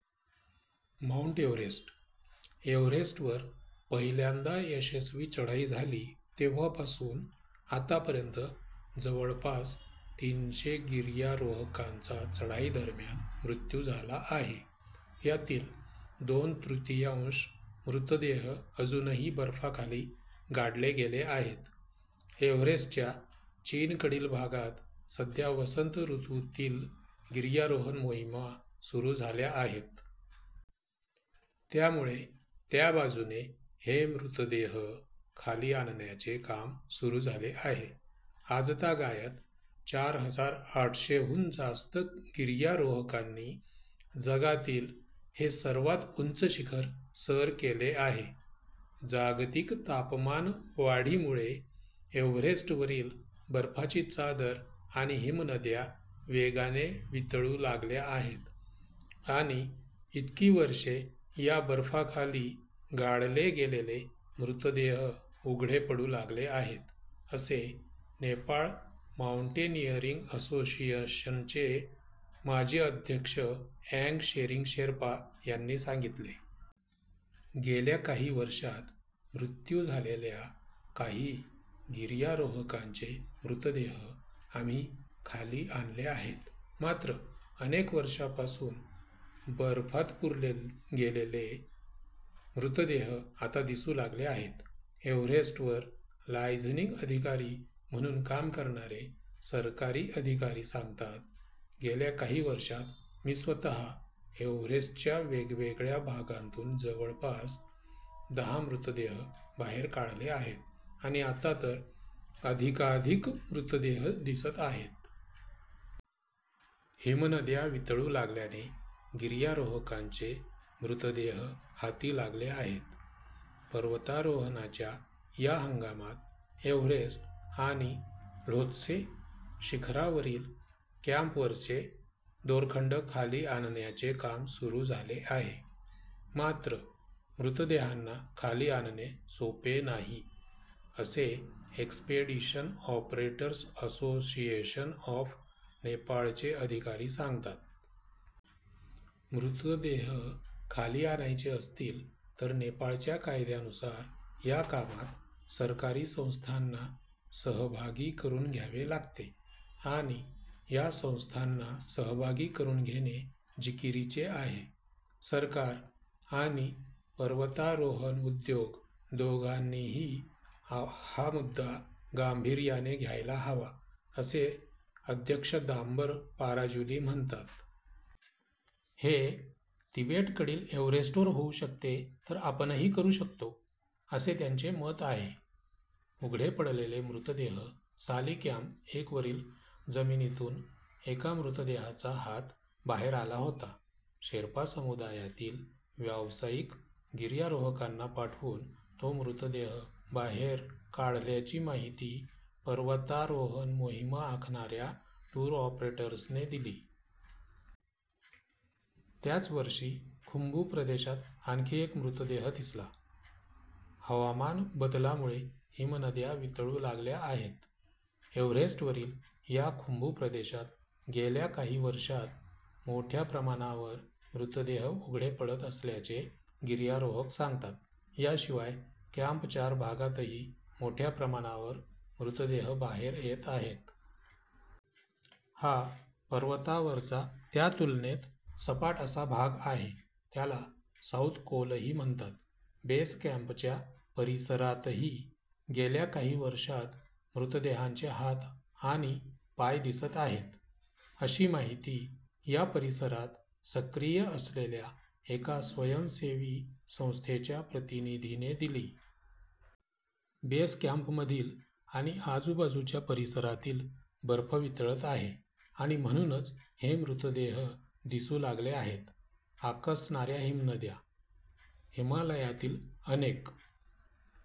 Mount Everest - एव्हरेस्टवर पहिल्यांदा यशस्वी चढाई झाली तेव्हापासून आतापर्यंत जवळपास तीनशे गिर्यारोहकांचा चढाईदरम्यान मृत्यू झाला आहे. यातील दोन तृतीयांश मृतदेह अजूनही बर्फाखाली गाडले गेले आहेत. एव्हरेस्टच्या चीनकडील भागात सध्या वसंत ऋतूतील गिर्यारोहण मोहिमा सुरू झाल्या आहेत. त्यामुळे त्या बाजूने हे मृतदेह खाली आणण्याचे काम सुरू झाले आहे. आजतागायत चार हजार आठशेहून जास्त गिर्यारोहकांनी जगातील हे सर्वात उंच शिखर सर केले आहे. "जागतिक तापमानवाढीमुळे एव्हरेस्टवरील बर्फाची चादर आणि हिमनद्या वेगाने वितळू लागल्या आहेत आणि इतकी वर्षे या बर्फाखाली गाडले गेलेले मृतदेह उघडे पडू लागले आहेत", असे नेपाळ माउंटेनिअरिंग असोसिएशनचे माजी अध्यक्ष अँग शेरिंग शेर्पा यांनी सांगितले. "गेल्या काही वर्षांत मृत्यू झालेल्या काही गिर्यारोहकांचे मृतदेह आम्ही खाली आणले आहेत. मात्र अनेक वर्षांपासून बर्फात पुरले गेलेले मृतदेह आता दिसू लागले आहेत." एव्हरेस्टवर लायझनिंग अधिकारी म्हणून काम करणारे सरकारी अधिकारी सांगतात, "गेल्या काही वर्षांत मी स्वतः एव्हरेस्टच्या वेगवेगळ्या भागांतून जवळपास दहा मृतदेह बाहेर काढले आहेत आणि आता तर अधिकाधिक मृतदेह दिसत आहेत." हिमनद्या वितळू लागल्याने गिर्यारोहकांचे मृतदेह हाती लागले आहेत. पर्वतारोहणाच्या या हंगामात एव्हरेस्ट आणि ल्होत्से शिखरावरील कॅम्पवरचे दोरखंड खाली आणण्याचे काम सुरू झाले आहे. मात्र मृतदेहांना खाली आणणे सोपे नाही, असे एक्सपेडिशन ऑपरेटर्स असोसिएशन ऑफ नेपाळचे अधिकारी सांगतात. मृतदेह खाली आणायचे असतील तर नेपाळच्या कायद्यानुसार या कामात सरकारी संस्थांना सहभागी करून घ्यावे लागते आणि या संस्थांना सहभागी करून घेणे जिकिरीचे आहे. "सरकार आणि पर्वतारोहण उद्योग दोघांनीही हा मुद्दा गांभीर्याने घ्यायला हवा", असे अध्यक्ष दाम्बर पाराज्युली म्हणतात. "हे तिबेटकडील एव्हरेस्टवर होऊ शकते तर आपणही करू शकतो", असे त्यांचे मत आहे. उघडे पडलेले मृतदेह - साली कॅम्प एकवरील जमिनीतून एका मृतदेहाचा हात बाहेर आला होता. शेर्पा समुदायातील व्यावसायिक गिर्यारोहकांना पाठवून तो मृतदेह बाहेर काढल्याची माहिती पर्वतारोहण मोहिमा आखणाऱ्या टूर ऑपरेटर्सने दिली. त्याच वर्षी खुंबू प्रदेशात आणखी एक मृतदेह दिसला. हवामान बदलामुळे हिमनद्या वितळू लागल्या आहेत. एव्हरेस्टवरील या खुंबू प्रदेशात गेल्या काही वर्षांत मोठ्या प्रमाणावर मृतदेह उघडे पडत असल्याचे गिर्यारोहक सांगतात. याशिवाय कॅम्प चार भागातही मोठ्या प्रमाणावर मृतदेह बाहेर येत आहेत. हा पर्वतावरचा त्या तुलनेत सपाट असा भाग आहे. त्याला साऊथ कोलही म्हणतात. "बेस कॅम्पच्या परिसरातही गेल्या काही वर्षांत मृतदेहांचे हात आणि पाय दिसत आहेत", अशी माहिती या परिसरात सक्रिय असलेल्या एका स्वयंसेवी संस्थेच्या प्रतिनिधीने दिली. "बेस कॅम्पमधील आणि आजूबाजूच्या परिसरातील बर्फ वितळत आहे आणि म्हणूनच हे मृतदेह दिसू लागले आहेत." आकसणाऱ्या हिमनद्या - हिमालयातील अनेक